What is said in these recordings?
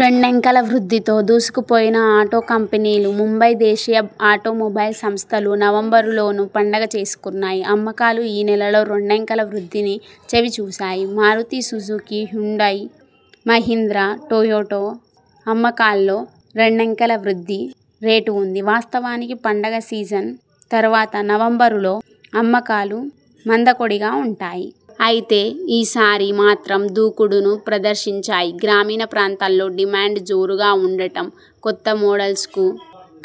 రెండంకెల వృద్ధితో దూసుకుపోయిన auto కంపెనీలు ముంబై దేశీయ automobile సంస్థలు నవంబరు లోనూ పండగ చేసుకున్నాయి. అమ్మకాలు ఈ నెలలో రెండంకెల వృద్ధిని చవి చూశాయి. Maruti Suzuki, Hyundai, Mahindra, Toyota అమ్మకాల్లో రెండంకెల వృద్ధి రేటు ఉంది. వాస్తవానికి పండగ సీజన్ తర్వాత నవంబరులో అమ్మకాలు మందకొడిగా ఉంటాయి. అయితే ఈ సారి మాత్రం దూకుడును ప్రదర్శించాయి. గ్రామీణ ప్రాంతాల్లో డిమాండ్ జోరుగా ఉండటం, కొత్త మోడల్స్కు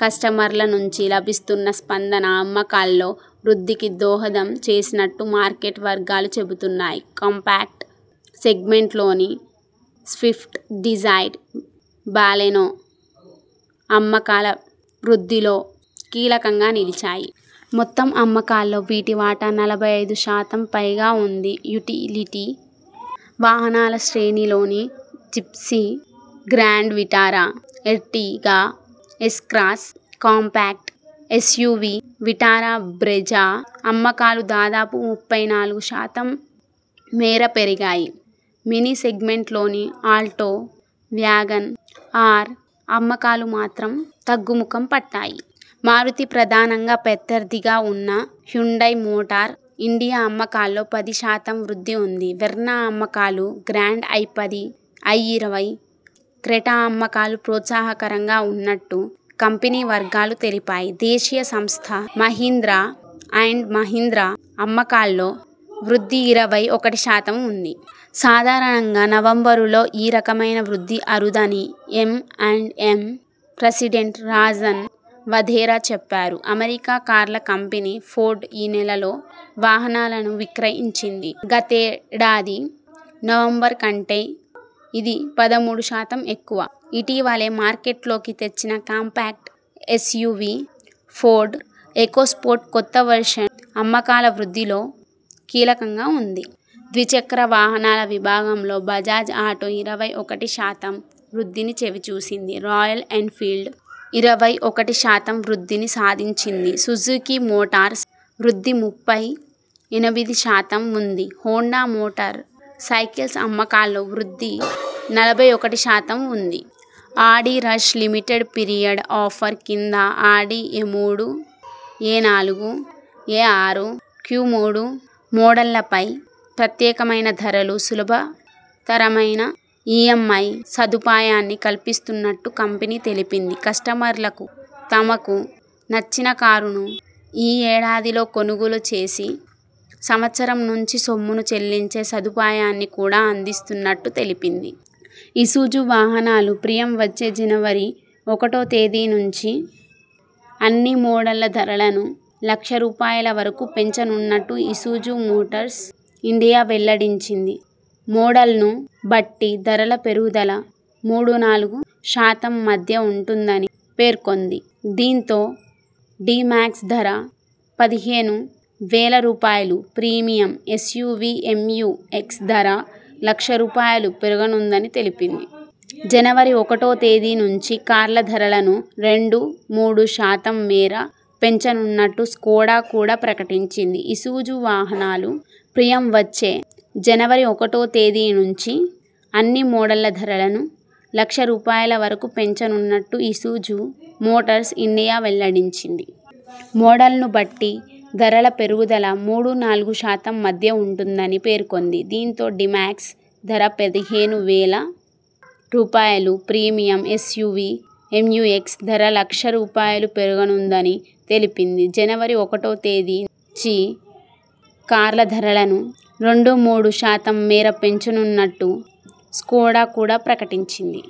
కస్టమర్ల నుంచి లభిస్తున్న స్పందన అమ్మకాల్లో వృద్ధికి దోహదం చేసినట్టు మార్కెట్ వర్గాలు చెబుతున్నాయి. కాంపాక్ట్ సెగ్మెంట్లోని స్విఫ్ట్, డిజైర్, బాలెనో అమ్మకాల వృద్ధిలో కీలకంగా నిలిచాయి. మొత్తం అమ్మకాల్లో వీటి వాటా నలభై ఐదు శాతం పైగా ఉంది. యుటిలిటీ వాహనాల శ్రేణిలోని Gypsy, Grand Vitara, Ertiga, S Cross, compact SUV Vitara Brezza అమ్మకాలు దాదాపు ముప్పై నాలుగు శాతం మేర పెరిగాయి. మినీ సెగ్మెంట్లోని ఆల్టో, వ్యాగన్ ఆర్ అమ్మకాలు మాత్రం తగ్గుముఖం పట్టాయి. మారుతికి ప్రధాన ప్రత్యర్థిగా ఉన్న హ్యుండయ్ మోటార్ ఇండియా అమ్మకాల్లో పది శాతం వృద్ధి ఉంది. వెర్నా అమ్మకాలు, గ్రాండ్ ఐపది, ఐఇరవై, క్రెటా అమ్మకాలు ప్రోత్సాహకరంగా ఉన్నట్టు కంపెనీ వర్గాలు తెలిపాయి. దేశీయ సంస్థ మహీంద్రా అండ్ మహీంద్రా అమ్మకాల్లో వృద్ధి ఇరవై ఒకటి శాతం ఉంది. సాధారణంగా నవంబరులో ఈ రకమైన వృద్ధి అరుదని M and M president Rajan Wadhera చెప్పారు. అమెరికా కార్ల కంపెనీ ఫోర్డ్ ఈ నెలలో వాహనాలను విక్రయించింది. గతేడాది నవంబరు కంటే ఇది పదమూడు శాతం ఎక్కువ. ఇటీవలే మార్కెట్లోకి తెచ్చిన కాంపాక్ట్ ఎస్యువి ఫోర్డ్ ఎకోస్పోర్ట్ కొత్త వెర్షన్ అమ్మకాల వృద్ధిలో కీలకంగా ఉంది. ద్విచక్ర వాహనాల విభాగంలో బజాజ్ ఆటో ఇరవై ఒకటి శాతం, వృద్ధిని చవి చూసింది. రాయల్ ఎన్ఫీల్డ్ ఇరవై ఒకటి శాతం వృద్ధిని సాధించింది. సుజుకీ మోటార్స్ వృద్ధి ముప్పై ఎనిమిది శాతం ఉంది. హోండా మోటార్ సైకిల్స్ అమ్మకాల్లో వృద్ధి నలభై ఒకటి శాతం ఉంది. ఆడిరష్ లిమిటెడ్ పీరియడ్ ఆఫర్ కింద ఆడి ఎమూడు, ఎనాలుగు, ఎఆరు, క్యుమూడు మోడళ్లపై ప్రత్యేకమైన ధరలు, సులభ తరమైన ఈ‌ఎం‌ఐ సదుపాయాన్ని కల్పిస్తున్నట్టు కంపెనీ తెలిపింది. కస్టమర్లు తమకు నచ్చిన కారును ఈ ఏడాదిలో కొనుగోలు చేసి సంవత్సరం నుంచి సొమ్మును చెల్లించే సదుపాయాన్ని కూడా అందిస్తున్నట్టు తెలిపింది. ఇసుజు వాహనాలు ప్రియం వచ్చే జనవరి ఒకటో తేదీ నుంచి అన్ని మోడళ్ల ధరలను లక్ష రూపాయల వరకు పెంచనున్నట్టు ఇసుజు మోటార్స్ ఇండియా వెల్లడించింది. మోడల్ను బట్టి ధరల పెరుగుదల మూడు నాలుగు శాతం మధ్య ఉంటుందని పేర్కొంది. దీంతో డి మాక్స్ ధర పదిహేను వేల రూపాయలు, ప్రీమియం ఎస్యువి ఎంయు ఎక్స్ ధర లక్ష రూపాయలు పెరగనుందని తెలిపింది. జనవరి ఒకటో తేదీ నుంచి కార్ల ధరలను రెండు మూడు శాతం మేర పెంచనున్నట్టు స్కోడా కూడా ప్రకటించింది. ఇసుజు వాహనాలు ప్రియం వచ్చే జనవరి ఒకటో తేదీ నుంచి అన్ని మోడళ్ల ధరలను లక్ష రూపాయల వరకు పెంచనున్నట్టు ఇసుజు మోటార్స్ ఇండియా వెల్లడించింది. మోడల్ ను బట్టి ధరల పెరుగుదల మూడు నాలుగు శాతం మధ్య ఉంటుందని పేర్కొంది. దీంతో డి మాక్స్ ధర పదిహేను వేల రూపాయలు, ప్రీమియం ఎస్యువి ఎంయు ఎక్స్ ధర లక్ష రూపాయలు పెరగనుందని తెలిపింది. జనవరి ఒకటో తేదీ నుంచి కార్ల ధరలను రెండు మూడు శాతం మేర పెంచనున్నట్టు స్కోడా కూడా ప్రకటించింది.